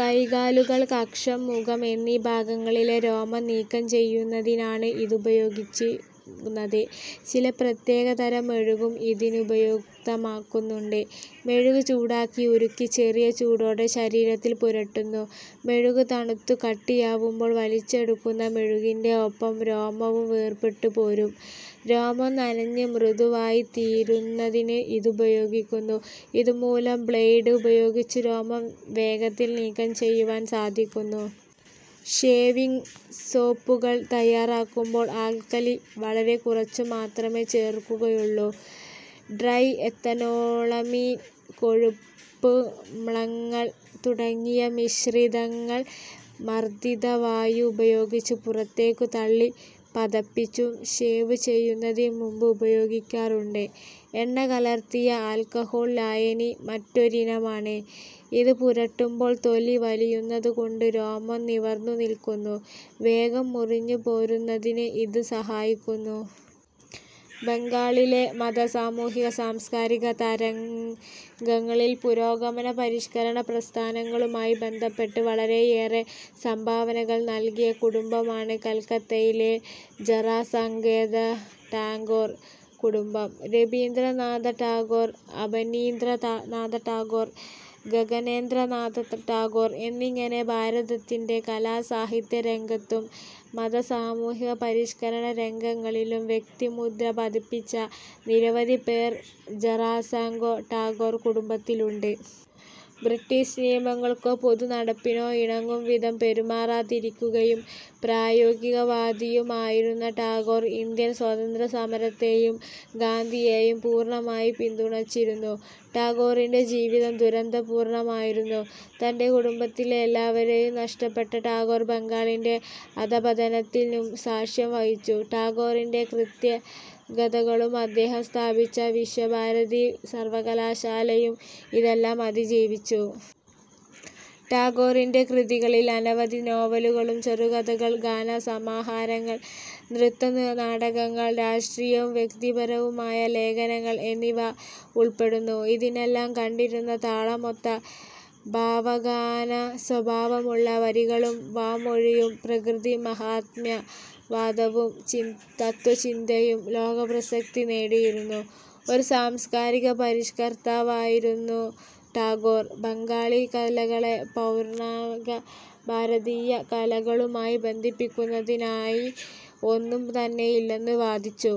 കൈകാലുകൾ, കക്ഷം, മുഖം എന്നീഭാഗങ്ങളിലെ രോമം നീക്കം ചെയ്യുന്നതിനാണ് ഇതുപയോഗിക്കുന്നത്. ചില പ്രത്യേകതരം മെഴുകും ഇതിനുപയുക്തമാക്കുന്നുണ്ട്. മെഴുക് ചൂടാക്കി ഉരുക്കി ചെറിയ ചൂടോടെ ശരീരത്തിൽ പുരട്ടുന്നു. മെഴുക് തണുത്തു കട്ടിയാവുമ്പോൾ വലിച്ചെടുക്കുന്നു; മെഴുകിന്റെ ഒപ്പം രോമവും വേർപെട്ടുപോരും. രോമം നനഞ്ഞ് മൃദുവായിത്തീരുന്നതിന് ഇതുപയോഗിക്കുന്നു. ഇതുമൂലം ബ്ളെയ്ഡ് ഉപയോഗിച്ച് രോമം വേഗത്തിൽ നീക്കംചെയ്യുവാൻ സാധിക്കുന്നു. ഷേവിങ് സോപ്പുകൾ തയ്യാറാക്കുമ്പോൾ ആൽക്കലി വളരെ കുറച്ചുമാത്രമേ ചേർക്കുകയുള്ളൂ. ട്രൈഎഥനോളമീൻ, കൊഴുപ്പമ്ളങ്ങൾ തുടങ്ങിയ മിശ്രിതങ്ങൾ മർദിതവായു ഉപയോഗിച്ച് പുറത്തേക്കു തള്ളി പതപ്പിച്ചും ഷേവു ചെയ്യുന്നതിനുമുൻപ് ഉപയോഗിക്കാറുണ്ട്. എണ്ണകലർത്തിയ ആൽക്കഹോൾ ലായനി മറ്റൊരിനമാണ്. ഇതു പുരട്ടുമ്പോൾ തൊലി വലിയുന്നതുകൊണ്ട് രോമം നിവർന്നുനില്ക്കുന്നു. വേഗം മുറിഞ്ഞുപോരുന്നതിന് ഇത് സഹായിക്കുന്നു. ബംഗാളിലെ മത, സാമൂഹിക, സാംസ്കാരിക തരംഗങ്ങളിൽ പുരോഗമന പരിഷ്കരണ പ്രസ്ഥാനങ്ങളുമായി ബന്ധപ്പെട്ട് വളരെയേറെ സംഭാവനകൾ നൽകിയ കുടുംബമാണ് കൽക്കത്തയിലെ ജെറാസങ്കോത ടാഗോർ കുടുംബം. രബീന്ദ്രനാഥ ടാഗോർ, അബനീന്ദ്രനാഥ ടാഗോർ, ഗഗനേന്ദ്രനാഥ ടാഗോർ എന്നിങ്ങനെ ഭാരതത്തിന്റെ കലാസാഹിത്യ രംഗത്തും, മത-സാമൂഹിക പരിഷ്കരണ രംഗങ്ങളിലും വ്യക്തിമുദ്ര പതിപ്പിച്ച നിരവധി പേർ ജെറാസങ്കോ ടാഗോർ കുടുംബത്തിലുണ്ട്. ബ്രിട്ടീഷ് നിയമങ്ങൾക്കോ പൊതുനടപ്പിനോ ഇണങ്ങും വിധം പെരുമാറാതിരിക്കുകയും പ്രായോഗിക വാദിയും ആയിരുന്ന ടാഗോർ, ഇൻഡ്യൻ സ്വാതന്ത്ര്യ സമരത്തെയും ഗാന്ധിയെയും പൂർണ്ണമായി പിന്തുണച്ചിരുന്നു. ടാഗോറിന്റെ ജീവിതം ദുരന്തപൂർണ്ണമായിരുന്നു. തന്റെ കുടുംബത്തിലെ എല്ലാവരെയും നഷ്ടപ്പെട്ട ടാഗോർ ബംഗാളിന്റെ അധഃപതനത്തിനും സാക്ഷ്യം വഹിച്ചു. ടാഗോറിന്റെ കൃത്യകതകളും അദ്ദേഹം സ്ഥാപിച്ച വിശ്വഭാരതി സർവ്വകലാശാലയും ഇതെല്ലാം അതിജീവിച്ചു. ടാഗോറിന്റെ കൃതികളിൽ അനവധി നോവലുകൾ, ചെറുകഥകൾ, ഗാന സമാഹാരങ്ങൾ, നൃത്ത്യ-നാടകങ്ങൾ, രാഷ്ട്രീയവും വ്യക്തിപരവുമായ ലേഖനങ്ങൾ എന്നിവ ഉൾപ്പെടുന്നു. ഇതിലെല്ലാം കണ്ടിരുന്ന താളമൊത്ത ഭാവഗാനസ്വഭാവമുള്ള വരികളും, വാമൊഴിയും, പ്രകൃതി മാഹാത്മ്യ വാദവും, തത്ത്വചിന്തയും ലോകപ്രശസ്തി നേടിയിരുന്നു. ഒരു സാംസ്കാരിക പരിഷ്കർത്താവായിരുന്ന ടാഗോർ, ബംഗാളി കലകളെ പൗരാണിക ഭാരതീയ കലകളുമായി ബന്ധിപ്പിക്കുന്നതായി ഒന്നും തന്നെയില്ലെന്നു വാദിച്ചു.